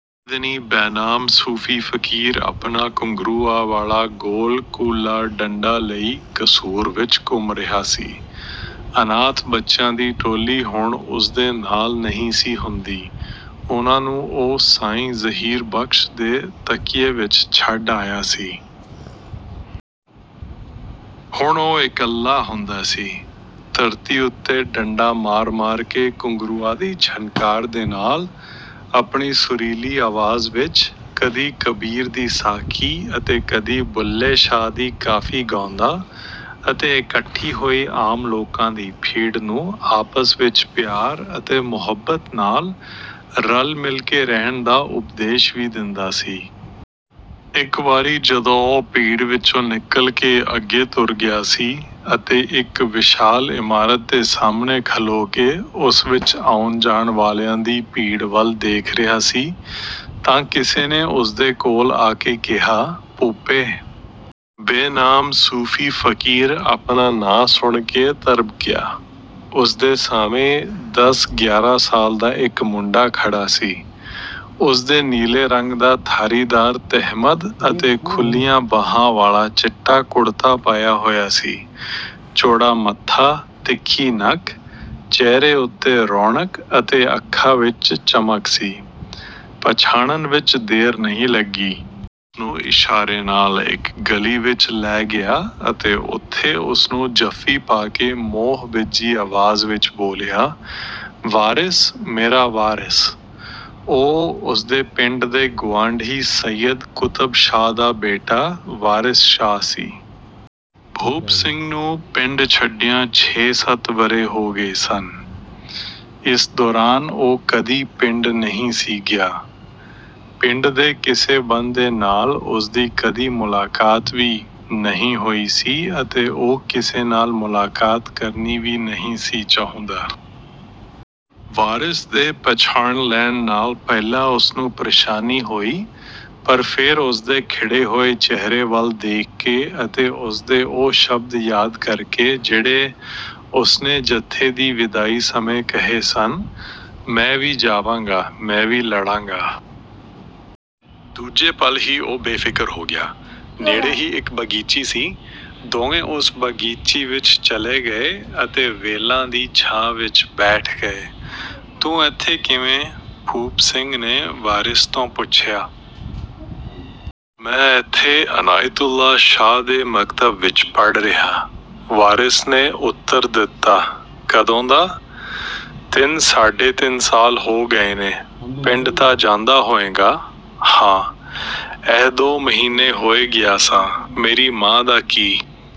ਇਹਨੀਂ-ਦਿਨੀਂ ਬੇਨਾਮ ਸੂਫੀ ਫਕੀਰ ਆਪਣਾ ਘੁੰਗਰੂਆਂ ਵਾਲਾ ਗੋਲ ਕੂਲਾ ਡੰਡਾ ਲਈ ਕਸੂਰ ਵਿੱਚ ਘੁੰਮ ਰਿਹਾ ਸੀ। ਅਨਾਥ ਬੱਚਿਆਂ ਦੀ ਟੋਲੀ ਹੁਣ ਉਸਦੇ ਨਾਲ ਨਹੀਂ ਸੀ ਹੁੰਦੀ। ਉਹਨਾਂ ਨੂੰ ਉਹ ਸਾਈਂ ਜਹੀਰ ਬਖ਼ਸ਼ ਦੇ ਤਕੀਏ ਵਿੱਚ ਛੱਡ ਆਇਆ ਸੀ। ਹੁਣ ਉਹ ਇਕੱਲਾ ਹੁੰਦਾ ਸੀ। ਧਰਤੀ ਉੱਤੇ ਡੰਡਾ ਮਾਰ-ਮਾਰ ਕੇ ਘੁੰਗਰੂਆਂ ਦੀ ਛਣਕਾਰ ਦੇ ਨਾਲ, ਆਪਣੀ ਸੁਰੀਲੀ ਆਵਾਜ਼ ਵਿੱਚ, ਕਦੀ ਕਬੀਰ ਦੀ ਸਾਖੀ ਅਤੇ ਕਦੀ ਬੁੱਲ੍ਹੇ ਸ਼ਾਹ ਦੀ ਕਾਫ਼ੀ ਗਾਉਂਦਾ ਅਤੇ ਇਕੱਠੀ ਹੋਈ ਆਮ ਲੋਕਾਂ ਦੀ ਭੀੜ ਨੂੰ ਆਪਸ ਵਿੱਚ ਪਿਆਰ ਅਤੇ ਮੁਹੱਬਤ ਨਾਲ, ਰਲ-ਮਿਲ ਕੇ ਰਹਿਣ ਦਾ ਉਪਦੇਸ਼ ਵੀ ਦਿੰਦਾ ਸੀ। ਇੱਕ ਵਾਰੀ ਜਦੋਂ ਉਹ ਭੀੜ ਵਿੱਚੋਂ ਨਿਕਲ ਕੇ ਅੱਗੇ ਤੁਰ ਗਿਆ ਸੀ ਅਤੇ ਇੱਕ ਵਿਸ਼ਾਲ ਇਮਾਰਤ ਦੇ ਸਾਹਮਣੇ ਖਲੋ ਕੇ ਉਸ ਵਿੱਚ ਆਉਣ-ਜਾਣ ਵਾਲਿਆਂ ਦੀ ਭੀੜ ਵੱਲ ਦੇਖ ਰਿਹਾ ਸੀ ਤਾਂ ਕਿਸੇ ਨੇ ਉਸਦੇ ਕੋਲ ਆ ਕੇ ਕਿਹਾ, "ਭੂਪੇ।" ਬੇਨਾਮ ਸੂਫੀ ਫਕੀਰ ਆਪਣਾ ਨਾਂਅ ਸੁਣ ਕੇ ਤ੍ਰਭਕਿਆ। ਉਸਦੇ ਸਾਹਵੇਂ ਦਸ-ਗਿਆਰਾਂ ਸਾਲ ਦਾ ਇੱਕ ਮੁੰਡਾ ਖੜ੍ਹਾ ਸੀ। ਉਸਦੇ ਨੀਲੇ ਰੰਗ ਦਾ ਧਾਰੀਦਾਰ ਤਹਿਮਦ ਅਤੇ ਖੁੱਲ੍ਹੀਆਂ ਬਾਹਾਂ ਵਾਲਾ ਚਿੱਟਾ ਕੁੜਤਾ ਪਾਇਆ ਹੋਇਆ ਸੀ। ਚੌੜਾ ਮੱਥਾ, ਤਿੱਖੀ ਨੱਕ, ਚਿਹਰੇ ਉੱਤੇ ਰੌਣਕ ਅਤੇ ਅੱਖਾਂ ਵਿੱਚ ਚਮਕ ਸੀ; ਪਛਾਣਨ ਵਿੱਚ ਦੇਰ ਨਹੀਂ ਲੱਗੀ। ਉਹ ਉਸਨੂੰ ਇਸ਼ਾਰੇ ਨਾਲ ਇੱਕ ਗਲੀ ਵਿੱਚ ਲੈ ਗਿਆ ਅਤੇ ਉੱਥੇ ਉਸਨੂੰ ਜੱਫੀ ਪਾ ਕੇ ਮੋਹ-ਭਿੱਜੀ ਆਵਾਜ਼ ਵਿੱਚ ਬੋਲਿਆ, "ਵਾਰਿਸ! ਮੇਰਾ ਵਾਰਸ!" ਉਹ ਉਸਦੇ ਪਿੰਡ ਦੇ ਗੁਆਂਢੀ ਸੱਯਦ ਕੁਤਬ ਸ਼ਾਹ ਦਾ ਬੇਟਾ, ਵਾਰਿਸ ਸ਼ਾਹ ਸੀ। ਭੂਪ ਸਿੰਘ ਨੂੰ ਪਿੰਡ ਛੱਡਿਆਂ ਛੇ-ਸੱਤ ਵਰ੍ਹੇ ਹੋ ਗਏ ਸਨ। ਇਸ ਦੌਰਾਨ ਉਹ ਕਦੀ ਪਿੰਡ ਨਹੀਂ ਸੀ ਗਿਆ। ਪਿੰਡ ਦੇ ਕਿਸੇ ਬੰਦੇ ਨਾਲ ਉਸਦੀ ਕਦੀ ਮੁਲਾਕਾਤ ਵੀ ਨਹੀਂ ਹੋਈ ਸੀ ਅਤੇ ਉਹ ਕਿਸੇ ਨਾਲ ਮੁਲਾਕਾਤ ਕਰਨੀ ਵੀ ਨਹੀਂ ਸੀ ਚਾਹੁੰਦਾ। ਵਾਰਿਸ ਦੇ ਪਛਾਣ ਲੈਣ ਨਾਲ ਪਹਿਲਾਂ ਉਸਨੂੰ ਪ੍ਰੇਸ਼ਾਨੀ ਹੋਈ ਪਰ ਫੇਰ ਉਸਦੇ ਖਿੜੇ ਹੋਏ ਚਿਹਰੇ ਵੱਲ ਦੇਖ ਕੇ ਅਤੇ ਉਸਦੇ ਉਹ ਸ਼ਬਦ ਯਾਦ ਕਰਕੇ ਜਿਹੜੇ ਉਸਨੇ ਜੱਥੇ ਦੀ ਵਿਦਾਈ ਸਮੇਂ ਕਹੇ ਸਨ, "ਮੈਂ ਵੀ ਜਾਵਾਂਗਾ, ਮੈਂ ਵੀ ਲੜਾਂਗਾ।" ਦੂਜੇ ਪਲ ਹੀ ਉਹ ਬੇਫਿਕਰ ਹੋ ਗਿਆ। ਨੇੜੇ ਹੀ ਇੱਕ ਬਗੀਚੀ ਸੀ। ਦੋਵੇਂ ਉਸ ਬਗੀਚੀ ਵਿੱਚ ਚਲੇ ਗਏ ਅਤੇ ਵੇਲਾਂ ਦੀ ਛਾਂ ਵਿੱਚ ਬੈਠ ਗਏ। "ਤੂੰ ਇੱਥੇ ਕਿਵੇਂ?" ਭੂਪ ਸਿੰਘ ਨੇ ਵਾਰਿਸ ਤੋਂ ਪੁੱਛਿਆ। "ਮੈਂ ਇੱਥੇ ਅਨਾਇਤੁੱਲਾ ਸ਼ਾਹ ਦੇ ਮਕਤਬ ਵਿੱਚ ਪੜ੍ਹ ਰਿਹਾ।" ਵਾਰਿਸ ਨੇ ਉੱਤਰ ਦਿੱਤਾ। "ਕਦੋਂ ਦਾ?" "ਤਿੰਨ-ਸਾਢੇ ਤਿੰਨ ਸਾਲ ਹੋ ਗਏ ਨੇ।" "ਪਿੰਡ ਤਾਂ ਜਾਂਦਾ ਹੋਏਂਗਾ?" "ਹਾਂ। ਐਹਿ ਦੋ ਮਹੀਨੇ ਹੋਏ ਗਿਆ ਸਾਂ। ਮੇਰੀ ਮਾਂ ਦਾ ਕੀ